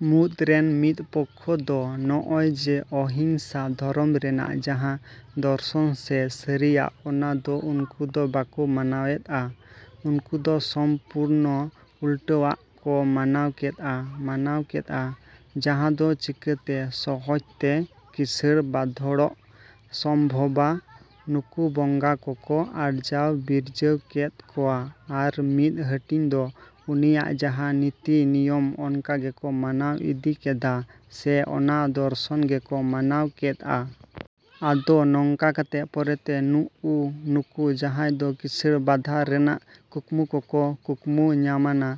ᱢᱩᱫᱽᱨᱮᱱ ᱢᱤᱫ ᱯᱚᱠᱷᱚ ᱫᱚ ᱱᱚᱜᱼᱚᱭᱡᱮ ᱚᱦᱤᱝᱥᱟ ᱫᱷᱚᱨᱚᱢ ᱨᱮᱱᱟᱜ ᱡᱟᱦᱟᱸ ᱫᱚᱨᱥᱚᱱ ᱥᱮ ᱥᱟᱹᱨᱤᱭᱟᱜ ᱚᱱᱟ ᱫᱚ ᱩᱱᱠᱩ ᱫᱚ ᱵᱟᱠᱚ ᱢᱟᱱᱟᱣᱮᱫᱼᱟ᱾ ᱩᱱᱠᱩ ᱫᱚ ᱥᱚᱢᱯᱩᱨᱱᱚ ᱩᱞᱴᱟᱹᱣᱟᱜ ᱠᱚ ᱢᱟᱱᱟᱣ ᱠᱮᱫᱼᱟ, ᱢᱟᱱᱟᱣ ᱠᱮᱫᱼᱟ ᱡᱟᱦᱟᱸ ᱫᱚ ᱪᱤᱠᱟᱹᱛᱮ ᱥᱚᱦᱚᱡᱽ ᱛᱮ ᱠᱤᱸᱥᱟᱹᱬ ᱵᱟᱸᱫᱷᱟᱲᱚᱜ ᱥᱚᱢᱵᱷᱚᱵᱚᱜᱼᱟ ᱱᱩᱠᱩ ᱵᱚᱸᱜᱟ ᱠᱚᱠᱚ ᱟᱨᱡᱟᱣ ᱵᱤᱨᱡᱟᱹᱣ ᱠᱮᱫ ᱠᱚᱣᱟ ᱟᱨ ᱢᱤᱫ ᱦᱟᱹᱴᱤᱧ ᱫᱚ ᱩᱱᱤᱭᱟᱜ ᱡᱟᱦᱟᱸ ᱱᱤᱛᱤ ᱱᱤᱭᱚᱢ ᱚᱱᱟᱜᱮᱠᱚ ᱢᱟᱱᱟᱣ ᱤᱫᱤ ᱠᱮᱫᱟ ᱥᱮ ᱚᱱᱟ ᱫᱚᱨᱥᱚᱱ ᱜᱮᱠᱚ ᱢᱟᱱᱟᱣ ᱠᱮᱫᱼᱟ᱾ ᱟᱫᱚ ᱱᱚᱝᱠᱟ ᱠᱟᱛᱮᱫ ᱯᱚᱨᱮᱛᱮ ᱱᱩᱜᱼᱩ ᱱᱩᱠᱩ ᱡᱟᱦᱟᱸᱭ ᱫᱚ ᱠᱤᱸᱥᱟᱹᱬ ᱵᱟᱸᱫᱷᱟᱲ ᱨᱮᱱᱟᱜ ᱠᱩᱠᱢᱩ ᱠᱚᱠᱚ ᱠᱩᱠᱢᱩ ᱧᱟᱢᱟᱱᱟ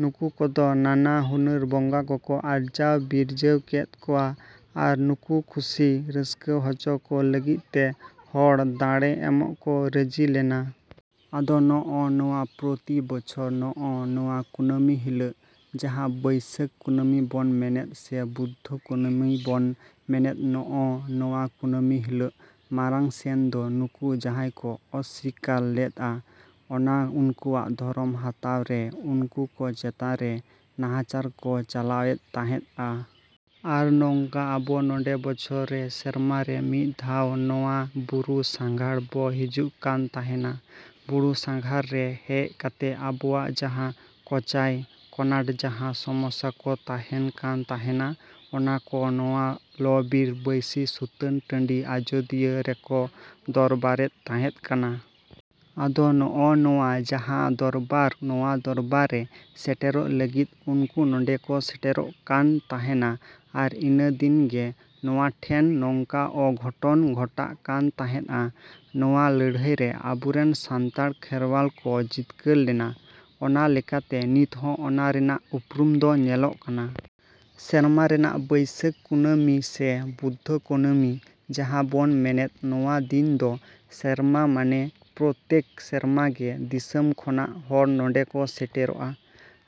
ᱱᱩᱠᱩ ᱠᱚᱫᱚ ᱱᱟᱱᱟ ᱦᱩᱱᱟᱹᱨ ᱵᱚᱸᱜᱟ ᱠᱚᱠᱚ ᱟᱨᱡᱟᱣ ᱵᱤᱨᱡᱟᱹᱣ ᱠᱮᱫ ᱠᱚᱣᱟ ᱟᱨ ᱱᱩᱠᱩ ᱠᱷᱩᱥᱤ ᱨᱟᱹᱥᱠᱟᱹ ᱦᱚᱪᱚ ᱠᱚ ᱞᱟᱹᱜᱤᱫ ᱛᱮ ᱦᱚᱲ ᱫᱟᱬᱮ ᱮᱢᱚᱜ ᱠᱚ ᱨᱟᱡᱤᱞᱮᱱᱟ᱾ ᱟᱫᱚ ᱱᱚᱜᱼᱚ ᱱᱚᱣᱟ ᱯᱨᱚᱛᱤ ᱵᱚᱪᱷᱚᱨ ᱱᱚᱜᱼᱚ ᱱᱚᱣᱟ ᱠᱩᱱᱟᱹᱢᱤ ᱦᱤᱞᱳᱜ ᱡᱟᱦᱟᱸ ᱵᱟᱹᱭᱥᱟᱹᱠᱷ ᱠᱩᱱᱟᱹᱢᱤ ᱵᱚᱱ ᱢᱮᱱᱮᱫ ᱥᱮ ᱵᱩᱫᱽᱫᱷᱚ ᱠᱩᱱᱟᱹᱢᱤ ᱵᱚᱱ ᱢᱮᱱᱮᱫ ᱱᱚᱜᱼᱚ ᱱᱚᱣᱟ ᱠᱩᱱᱟᱹᱢᱤ ᱦᱤᱞᱳᱜ ᱢᱟᱲᱟᱝ ᱥᱮᱱ ᱫᱚ ᱱᱩᱠᱩ ᱡᱟᱦᱟᱸᱭ ᱠᱚ ᱚᱥᱥᱤᱠᱟᱹᱨ ᱞᱮᱫᱼᱟ ᱚᱱᱟ ᱩᱱᱠᱩᱣᱟᱜ ᱫᱷᱚᱨᱚᱢ ᱦᱟᱛᱟᱣᱨᱮ ᱩᱱᱠᱩ ᱠᱚ ᱪᱮᱛᱟᱱ ᱨᱮ ᱱᱟᱦᱟᱪᱟᱨ ᱠᱚ ᱪᱟᱞᱟᱣᱮᱫ ᱛᱟᱦᱮᱸᱫᱼᱟ᱾ ᱟᱨ ᱱᱚᱝᱠᱟ ᱟᱵᱚ ᱱᱚᱰᱮ ᱵᱚᱪᱷᱚᱨ ᱨᱮ ᱥᱮᱨᱢᱟ ᱨᱮ ᱢᱤᱫ ᱫᱷᱟᱣ ᱱᱚᱣᱟ ᱵᱩᱨᱩ ᱥᱟᱸᱜᱷᱟᱨ ᱵᱚᱱ ᱦᱤᱡᱩᱜ ᱠᱟᱱ ᱛᱟᱦᱮᱱᱟ᱾ ᱵᱩᱨᱩ ᱥᱟᱸᱜᱷᱟᱨ ᱨᱮ ᱦᱮᱡ ᱠᱟᱛᱮᱫ ᱟᱵᱚᱣᱟᱜ ᱡᱟᱦᱟᱸ ᱠᱚᱪᱟᱭ ᱠᱚᱱᱟᱴ ᱡᱟᱦᱟᱸ ᱥᱚᱢᱚᱥᱥᱟ ᱠᱚ ᱛᱟᱦᱮᱱ ᱠᱟᱱ ᱛᱟᱦᱮᱱᱟ ᱚᱱᱟ ᱠᱚ ᱱᱚᱣᱟ ᱞᱚᱼᱵᱤᱨ ᱵᱟᱹᱭᱥᱤ ᱥᱩᱛᱟᱹᱱ ᱴᱟᱺᱰᱤ ᱟᱡᱚᱫᱤᱭᱟᱹ ᱨᱮᱠᱚ ᱫᱚᱨᱵᱟᱨᱮᱫ ᱛᱟᱦᱮᱸᱫ ᱠᱟᱱᱟ᱾ ᱟᱫᱚ ᱱᱚᱜᱼᱚ ᱱᱚᱣᱟ ᱡᱟᱦᱟᱸ ᱫᱚᱨᱵᱟᱨ ᱱᱚᱣᱟ ᱫᱚᱨᱵᱟᱨ ᱨᱮ ᱥᱮᱴᱮᱨᱚᱜ ᱞᱟᱹᱜᱤᱫ ᱩᱱᱠᱩ ᱱᱚᱰᱮᱠᱚ ᱥᱮᱴᱮᱨᱚᱜ ᱠᱟᱱ ᱛᱟᱦᱮᱸᱱᱟ ᱟᱨ ᱤᱱᱟᱹᱫᱤᱱ ᱜᱮ ᱱᱚᱣᱟᱴᱷᱮᱱ ᱱᱚᱝᱠᱟ ᱚᱜᱷᱚᱴᱚᱱ ᱜᱷᱚᱴᱟᱜ ᱠᱟᱱ ᱛᱟᱦᱮᱸᱫᱼᱟ᱾ ᱱᱚᱣᱟ ᱞᱟᱹᱲᱦᱟᱹᱭᱨᱮ ᱟᱵᱚᱨᱮᱱ ᱥᱟᱱᱛᱟᱲ ᱠᱷᱮᱨᱣᱟᱞ ᱠᱚ ᱡᱤᱛᱠᱟᱹᱨ ᱞᱮᱱᱟ᱾ ᱚᱱᱟ ᱞᱮᱠᱟᱛᱮ ᱱᱤᱛ ᱦᱚᱸ ᱚᱱᱟᱨᱮᱱᱟᱜ ᱩᱯᱨᱩᱢ ᱫᱚ ᱧᱮᱞᱚᱜ ᱠᱟᱱᱟ᱾ ᱥᱮᱨᱢᱟ ᱨᱮᱱᱟᱜ ᱵᱟᱹᱭᱥᱟᱹᱠᱷ ᱠᱩᱱᱟᱹᱢᱤ ᱥᱮ ᱵᱩᱫᱽᱫᱷᱚ ᱠᱩᱱᱟᱹᱢᱤ ᱡᱟᱦᱟᱸ ᱵᱚᱱ ᱢᱮᱱᱮᱫ ᱱᱚᱣᱟ ᱫᱤᱱ ᱫᱚ ᱥᱮᱨᱢᱟ ᱢᱟᱱᱮ ᱯᱨᱚᱛᱛᱮᱠ ᱥᱮᱨᱢᱟᱜᱮ ᱫᱤᱥᱚᱢ ᱠᱷᱚᱱᱟᱜ ᱦᱚᱲ ᱱᱚᱰᱮᱠᱚ ᱥᱮᱴᱮᱨᱚᱜᱼᱟ᱾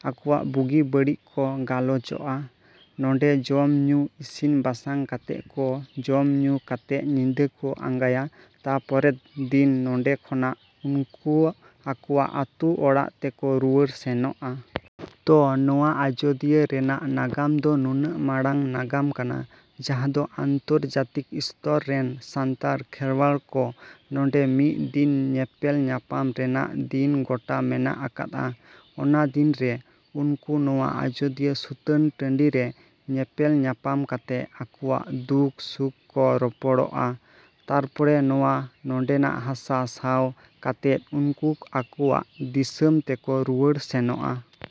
ᱟᱠᱚᱣᱟᱜ ᱵᱩᱜᱤ ᱵᱟᱹᱲᱤᱡ ᱠᱚ ᱜᱟᱞᱚᱪᱚᱜᱼᱟ᱾ ᱱᱚᱰᱮ ᱡᱚᱢᱼᱧᱩ ᱤᱥᱤᱱ ᱵᱟᱥᱟᱝ ᱠᱟᱛᱮᱫ ᱠᱚ ᱡᱚᱢᱼᱧᱩ ᱠᱟᱛᱮᱫ ᱧᱤᱫᱟᱹ ᱠᱚ ᱟᱸᱜᱟᱭᱟ ᱛᱟᱨᱯᱚᱨᱮᱫ ᱫᱤᱱ ᱱᱚᱰᱮ ᱠᱷᱚᱱᱟᱜ ᱩᱱᱠᱩ ᱟᱠᱚᱣᱟᱜ ᱟᱹᱛᱩ ᱚᱲᱟᱜ ᱛᱮᱠᱚ ᱨᱩᱣᱟᱹᱲ ᱥᱮᱱᱚᱜᱼᱟ᱾ ᱛᱚ ᱱᱚᱣᱟ ᱟᱡᱚᱫᱤᱭᱟᱹ ᱨᱮᱱᱟᱜ ᱱᱟᱜᱟᱢ ᱫᱚ ᱱᱩᱱᱟᱹᱜ ᱢᱟᱨᱟᱝ ᱱᱟᱜᱟᱢ ᱠᱟᱱᱟ ᱡᱟᱦᱟᱸ ᱫᱚ ᱟᱱᱛᱚᱨᱡᱟᱛᱤᱠ ᱥᱛᱚᱨ ᱨᱮᱱ ᱥᱟᱱᱛᱟᱲ ᱠᱷᱮᱨᱣᱟᱞ ᱠᱚ ᱱᱚᱰᱮ ᱢᱤᱫ ᱫᱤᱱ ᱧᱮᱯᱮᱞ ᱧᱟᱯᱟᱢ ᱨᱮᱱᱟᱜ ᱫᱤᱱ ᱜᱚᱴᱟ ᱢᱮᱱᱟᱜ ᱠᱟᱫᱼᱟ᱾ ᱚᱱᱟ ᱫᱤᱱᱨᱮ ᱩᱱᱠᱩ ᱱᱚᱣᱟ ᱟᱡᱚᱫᱤᱭᱟᱹ ᱥᱩᱛᱟᱹᱱ ᱴᱟᱺᱰᱤᱨᱮ ᱧᱮᱯᱮᱞ ᱧᱟᱯᱟᱢ ᱠᱟᱛᱮᱫ ᱟᱠᱚᱣᱟᱜ ᱫᱩᱠ ᱥᱩᱠ ᱠᱚ ᱨᱚᱯᱚᱲᱚᱜᱼᱟ ᱛᱟᱨᱯᱚᱨᱮ ᱱᱚᱣᱟ ᱱᱚᱰᱮᱱᱟᱜ ᱦᱟᱥᱟ ᱥᱟᱶ ᱠᱟᱛᱮᱫ ᱩᱱᱠᱩ ᱟᱠᱚᱣᱟᱜ ᱫᱤᱥᱚᱢ ᱛᱮᱠᱚ ᱨᱩᱣᱟᱹᱲ ᱥᱮᱱᱚᱜᱼᱟ᱾।